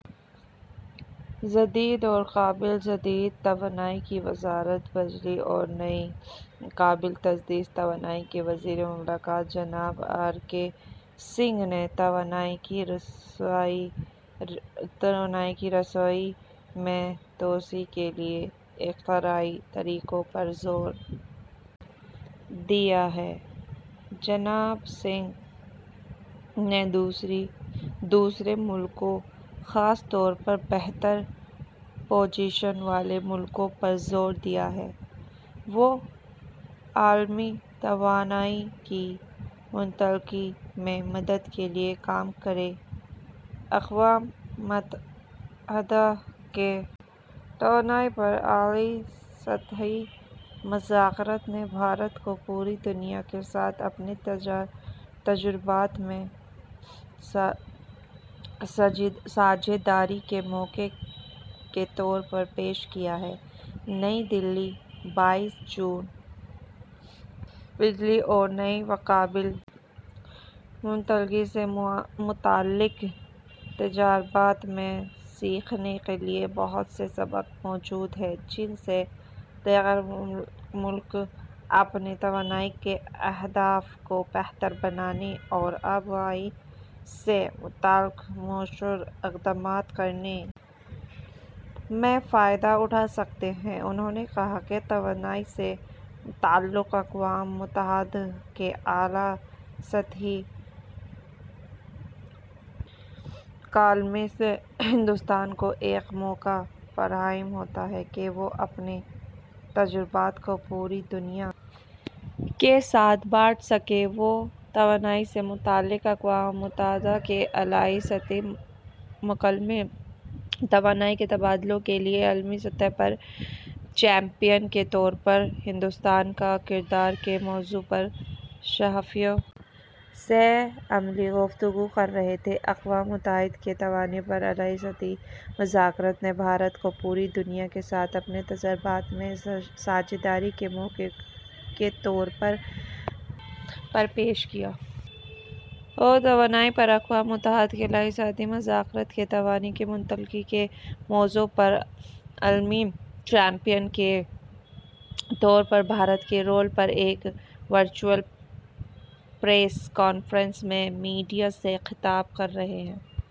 جدید اور قابل تجدید توانائی کی وزارت بجلی اور نئی و قابل تجدید توانائی کے وزیر مملکت جناب آر کے سنگھ نے توانائی کی رسائی میں توسیع کے لیے اختراعی طریقوں پر زور دیا ہے جناب سنگھ نے دوسرے ملکوں خاص طور پر بہتر پوزیشن والے ملکوں پر زور دیا ہے کہ وہ عالمی توانائی کی منتقلی میں مدد کے لیے کام کریں اکواممتھدہ کے توانائی پر اعلیٰ سطحی مذاکرات نے بھارت کو پوری دنیا کے ساتھ اپنے تجربات میں ساجھیداری کے موقع کے طور پر پیش کیا ہے نئی دہلی بائیس جون بجلی اور نئی و قابل منتقلی سے متعلق تجربات میں سیکھنے کے لیے بہت سے سبق موجود ہیں جن سے دیگر ممالک اپنی توانائی کے اہداف کو بہتر بنانے اور آب و ہوا سے متعلق موثر اقدامات کرنے میں فائدہ اٹھا سکتے ہیں انہوں نے کہا کہ توانائی سے متعلق اقوام متحدہ کے اعلیٰ سطحی مکالمے سے ہندوستان کو ایک موقع فراہم ہوتا ہے کہ وہ اپنے تجربات کو پوری دنیا کے ساتھ بانٹ سکے وہ توانائی سے متعلق اقوام متحدہ کے اعلیٰ سطحی مکالمے توانائی کے تبادلوں کے لیے عالمی سطح پر چیمپئن کے طور پر ہندوستان کا کردار کے موضوع پر صحافیوں سے عملی گفتگو کر رہے تھے اقوام متحدہ کے توانائی پر اعلیٰ سطحی مذاکرات نے بھارت کو پوری دنیا کے ساتھ اپنے تجربات میں ساجھیداری کے موقع کے طور پر پیش کیا ہے وہ توانائی پر اقوام متحدہ کے اعلیٰ سطحی مذاکرات کے توانائی کی منتقلی کے موضوع پر عالمی چیمپئن کے طور پر بھارت کے رول پر ایک ورچوئل پریس کانفرنس میں میڈیا سے خطاب کر رہے تھے